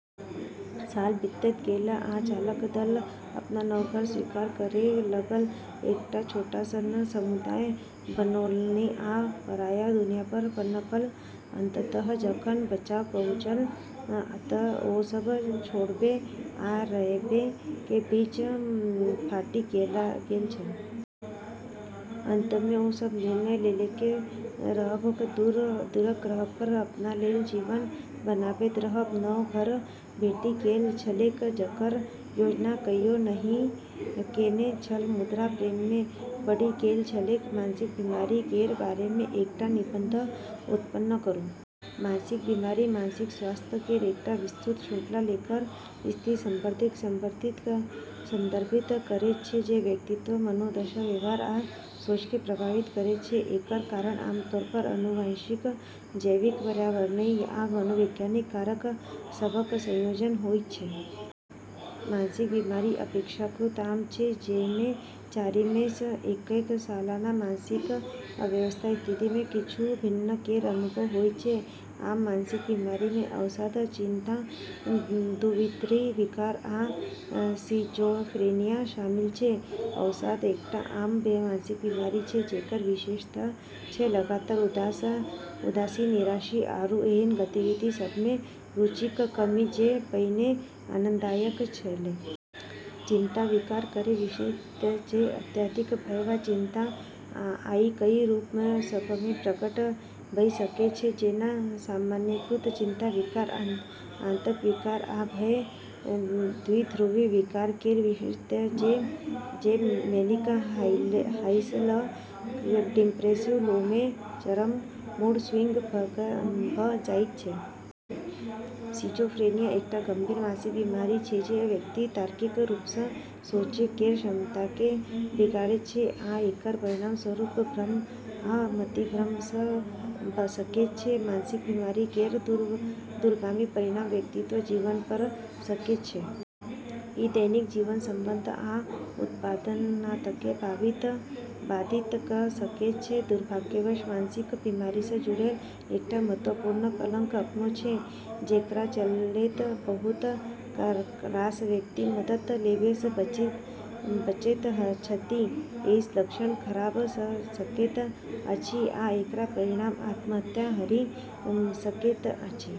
साल बीतैत गेल आ चालक दल अपन नव घर स्वीकार करै लगल। एकटा छोट सन समुदाय बनौलनि आ पराया दुनियापर पनपल। अंततः जखन बचाव पहुँचल तऽ ओ सब छोड़बै आ रहबै के बीच फाटि गेल छल। अंतमे ओ सब निर्णय लेलक जे रहब आ दूरक ग्रहपर अपना लेल जीवन बनाबैत रहब। नव घर भेटि गेल छलैक, जकर योजना कहियो नहि केने छल मुदा प्रेममे बढ़ि गेल छलैक। मानसिक बीमारी केर बारेमे एकटा निबंध उत्पन्न करू। मानसिक बीमारी मानसिक स्वास्थ्य केर एकटा विस्तृत श्रृंखला केर स्थितिसभकेँ संदर्भित करैत छै जे व्यक्तिक मनोदशा, व्यवहार आ सोचकेँ प्रभावित करैत छै। एकर कारण आमतौरपर आनुवंशिक, जैविक, पर्यावरणीय आ मनोवैज्ञानिक कारक सभक संयोजन होइत छै। मानसिक बीमारी अपेक्षाकृत आम छै, जाहिमे चारिमेसँ एककेँ सालाना मानसिक स्वास्थ्य स्थितिमे किछु भिन्नता केर अनुभव होइत छै। आम मानसिक बीमारीमे अवसाद, चिंता, द्विध्रुवी विकार, आ सिजोफ्रेनिया शामिल छै। अवसाद एकटा आम मानसिक बीमारी छै जेकर विशेषता छै लगातार उदासी, निराशा, आरू एहन गतिविधि सभमे रुचिक कमी जे पहिने आनंददायक छलै। चिंता विकार केर विशेषता छै अत्यधिक भय वा चिंता आ ई कई रूप सभमे प्रकट भऽ सकैत छै जेना सामान्यीकृत चिंता विकार, आतंक विकार, आ भय। द्विध्रुवी विकार केर विशेषता छै जे मैनिक हाईसँ लऽ कऽ डिप्रेसिव लोमे चरम मूड स्विंग भऽ जाइत छै। सिजोफ्रेनिया एकटा गंभीर मानसिक बीमारी छै जे व्यक्तिक तार्किक रूपसँ सोचै केर क्षमताकेँ बिगाड़ैत छै आ एकर परिणामस्वरूप भ्रम आ मतिभ्रम भऽ सकैत छै। मानसिक बीमारी केर दूरगामी परिणाम व्यक्तिक जीवनपर भऽ सकैत छै। ई दैनिक जीवन, संबंध, आ उत्पादकताकेँ बाधित कऽ सकैत छै। दुर्भाग्यवश, मानसिक बीमारीसँ जुड़ल एकटा महत्वपूर्ण कलंक अखनो छै, जेकरा चलैत बहुत रास व्यक्ति मदद लेबैसँ बचैत छथि। एहिसँ लक्षण खराब भऽ सकैत अछि आ एकर परिणाम आत्महत्या धरि भऽ सकैत अछि।